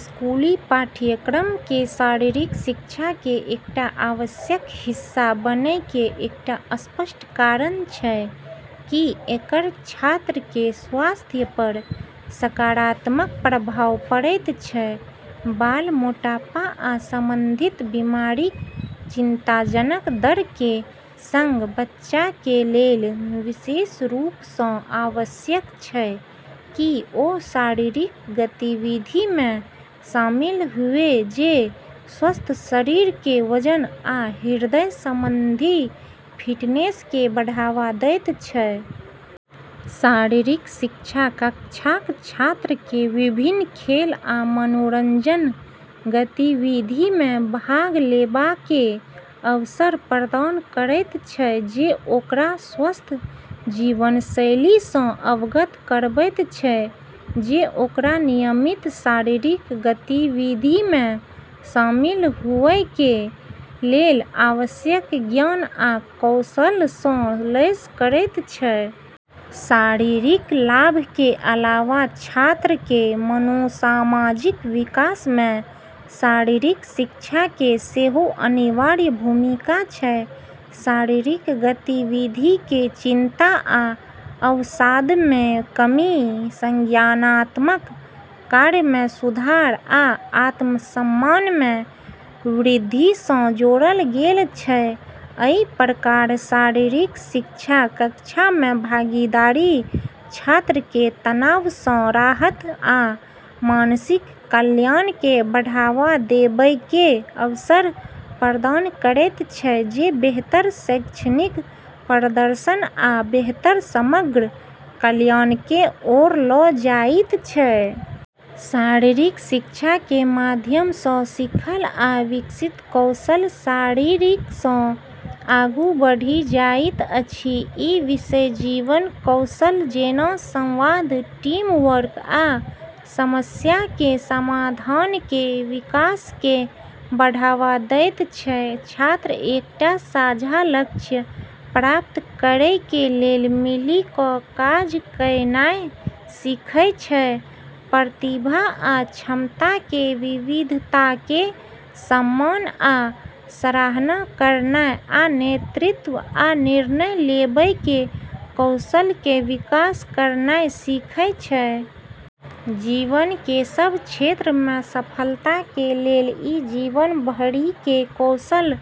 स्कूली पाठ्यक्रमके शारीरिक शिक्षाके एकटा आवश्यक हिस्सा बनैके एकटा स्पष्ट कारण छै कि एकर छात्रके स्वास्थ्य पर सकारात्मक प्रभाव पड़ैत छै। बाल मोटापा आ संबंधित बीमारिक चिंताजनक दरके सङ्ग, बच्चाके लेल विशेष रूपसँ आवश्यक छै कि ओ शारीरिक गतिविधिमे शामिल हुए जे स्वस्थ शरीरके वजन आ हृदय संबंधी फिटनेसके बढ़ावा दैत छै। शारीरिक शिक्षा कक्षाक छात्रके विभिन्न खेल आ मनोरंजन गतिविधिमे भाग लेबाके अवसर प्रदान करैत छै जे ओकरा स्वस्थ जीवनशैलीसँ अवगत करबैत छै, जे ओकरा नियमित शारीरिक गतिविधिमे शामिल हुएके लेल आवश्यक ज्ञान आ कौशलसँ लैस करैत छै। शारीरिक लाभके अलावा छात्रके मनोसामाजिक विकासमे शारीरिक शिक्षाके सेहो अनिवार्य भूमिका छै। शारीरिक गतिविधिके चिंता आ अवसादमे कमी, संज्ञानात्मक कार्यमे सुधार, आ आत्मसम्मानमे वृद्धिसँ जोड़ल गेल छै। अइ प्रकार, शारीरिक शिक्षा कक्षामे भागीदारी छात्रके तनावसँ राहत आ मानसिक कल्याणके बढ़ावा देबैके अवसर प्रदान करैत छै, जे बेहतर शैक्षणिक प्रदर्शन आ बेहतर समग्र कल्याणके ओर ल' जाइत छै। शारीरिक शिक्षाके माध्यमसँ सीखल आ विकसित कौशल शारीरिकसँ आगू बढ़ि जाइत अछि। ई विषय जीवन कौशल जेना संवाद, टीम वर्क, आ समस्याके समाधानके विकासके बढ़ावा दैत छै। छात्र एकटा साझा लक्ष्य प्राप्त करैके लेल मिलि क' काज कयनाइ सीखय छै, प्रतिभा आ क्षमताके विविधताके सम्मान आ सराहना करनाइ, आ नेतृत्व आ निर्णय लेबैके कौशलके विकास करनाइ सीखय छै। जीवनके सब क्षेत्रमे सफलताके लेल इ जीवन भरिके कौशल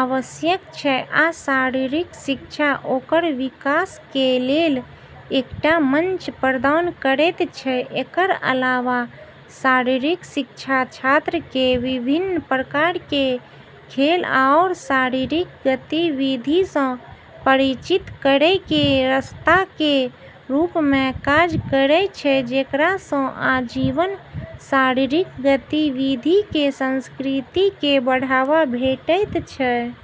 आवश्यक छै, आ शारीरिक शिक्षा ओकर विकासके लेल एकटा मंच प्रदान करैत छै। एकर अलावा शारीरिक शिक्षा छात्रके विभिन्न प्रकारके खेल आओर शारीरिक गतिविधिसँ परिचित करैके रस्ताकेँ रूपमे काज करै छै, जेकरासँ आजीवन शारीरिक गतिविधिके संस्कृतिके बढ़ावा भेटैत छै।